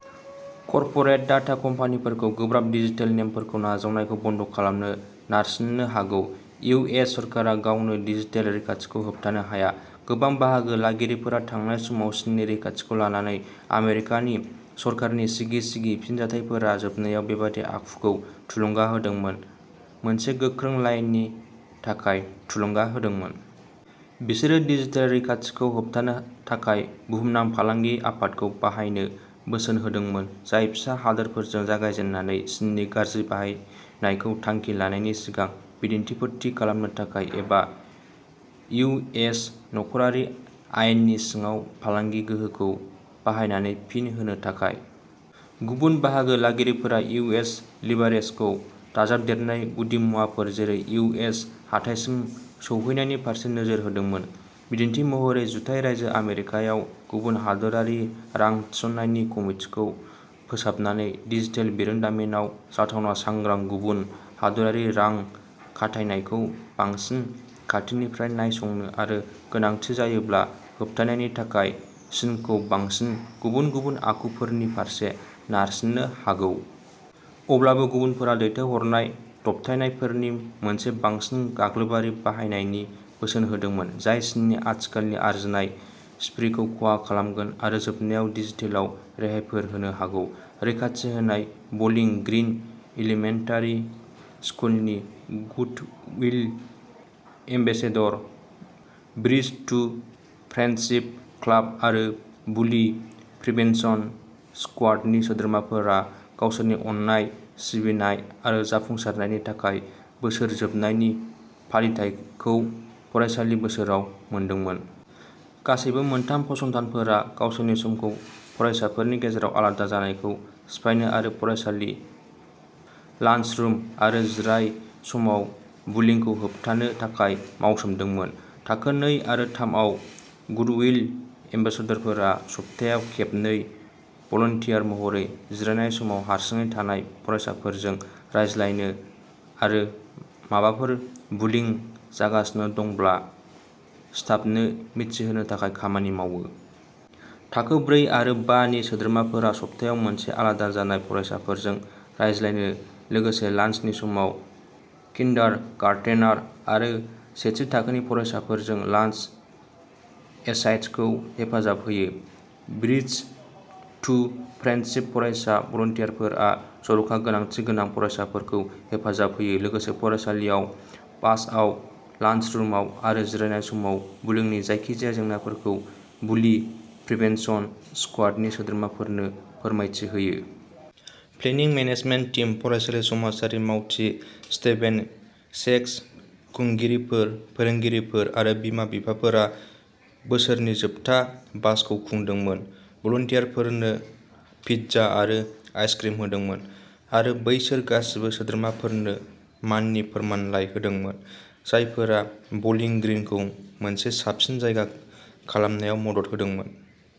Corporate data कम्पानिफोरखौ गोब्राब digital नेमफोरखौ नाजावनायखौ बन्द' खालामनो नारसिननो हागौ। इउ. एस. सोरखारा गावनो डिजिटेल रैखाथिखौ होबथानो हाया। गोबां बाहागो लागिरिफोरा, थांनाय समाव चीननि रैखाथिखौ लानानै आमेरिकानि सरखारनि सिगि सिगि फिनजाथायफोरा जोबनायाव बेबादि आखुखौ थुलुंगा होदोंमोन, मोनसे गोख्रों लाइननि थाखाय थुलुंगा होदोंमोन। बिसोरो डिजिटेल रैखाथिखौ होबथानो थाखाय बुहुमनां फालांगि आफादखौ बाहायनो बोसोन होदोंमोन, जाय फिसा हादोरफोरजों जागायजेन्नानै चीननि गाज्रि बाहायनायखौ थांखि लानायनि सिगां बिदिन्थिफोर थि खालामनो थाखाय, एबा इउ. एस. नखरारि आयेननि सिङाव फालांगि गोहोखौ बाहायनानै फिन होनो थाखाय। गुबुन बाहागो लागिरिफोरा इउ. एस. लिभारेजखौ दाजाबदेरनाय गुदिमुवाफोर, जेरै इउ. एस. हाथाइसिम सौहैनायनि फारसे नोजोर होदोंमोन। बिदिन्थि महरै, जुथाइ रायजो आमेरिकायाव गुबुन हादोरारि रां थिसननायनि कमितिखौ फोसाबनानै, डिजिटेल बिरोंदामिनआव जाथावना सांग्रां गुबुन हादोरारि रां खाथायनायखौ बांसिन खाथिनिफ्राय नायसंनो आरो गोनांथि जायोब्ला, होबथानायनि थाखाय, चीनखौ बांसिन गुबुन गुबुन आखुफोरनि फारसे नारसिन्नो हागौ। अब्लाबो गुबुनफोरा दैथायहरनाय दबथायनायफोरनि मोनसे बांसिन गाग्लोबारि बाहायनायनि बोसोन होदोंमोन, जाय चीननि आथिखालनि आरजिनाय स्प्रीखौ खहा खालामगोन आरो जोबनायाव डिजिटेलाव रेहायफोर होनो हागौ। रैखाथि होनाय बलिं ग्रिन इलिमेन्टारि स्कुलनि goodwill ambassador, bridges to friendship club आरो बुलि प्रिभेन्सन स्क्वाडनि सोद्रोमाफोरा गावसोरनि अननाय, सिबिनाय आरो जाफुंसारनायनि थाखाय बोसोर जोबनायनि फालिथाइखौ फरायसालि बोसोराव मोनदोंमोन। गासैबो मोनथाम फसंथानफोरा गावसोरनि समखौ फरायसाफोरनि गेजेराव आलादा जानायखौ सिफायनो आरो फरायसालि, लान्सरुम आरो जिराय समाव बुलिंखौ होबथानो थाखाय मावसोमदोंमोन। थाखो नै आरो थामआव गुडविल एम्बासाडरफोरा सप्तायाव खेबनै भलन्टियार महरै जिरायनाय समाव हारसिङै थानाय फरायसाफोरजों रायज्लायनो आरो माबाफोर बुलिं जागासिनो दंब्ला स्टाफनो मिथिहोनो थाखाय खामानि मावो। थाखो ब्रै आरो बा नि सोद्रोमाफोरा सप्तायाव सानसे आलादा जानाय फरायसाफोरजों रायज्लायनो लोगोसे लान्सनि समाव किन्डारगार्टेनार आरो सेथि थाखोनि फरायसाफोरजों लान्स एसाइड्सखौ हेफाजाब होयो। ब्रिजस टु फ्रेन्डशिपनि फरायसा भलन्टियारफोरा जर'खा गोनांथि गोनां फरायसाफोरखौ हेफाजाब होयो, लोगोसे फरायसालियाव, बासआव, लान्सरुमाव आरो जिरायनाय समाव बुलिंनि जायखिजाया जेंनाफोरखौ बुलि प्रिभेन्सन स्क्वाडनि सोद्रोमाफोरनो फोरमायथि होयो। प्लेनिं मेनेजमेन्ट टीम, फरायसालिनि समाजारि मावथि स्टेभेन सेक्स, खुंगिरिफोर, फोरोंगिरिफोर आरो बिमा बिफाफोरा बोसोरनि जोबथा बाशखौ खुंदोंमोन, भलान्टियारफोरनो पिज्जा आरो आइसक्रिम होदोंमोन आरो बैसोर गासिबो सोद्रोमाफोरनो माननि फोरमानलाइ होदोंमोन, जायफोरा बलिं ग्रिनखौ मोनसे साबसिन जायगा खालामनायाव मदद होदोंमोन।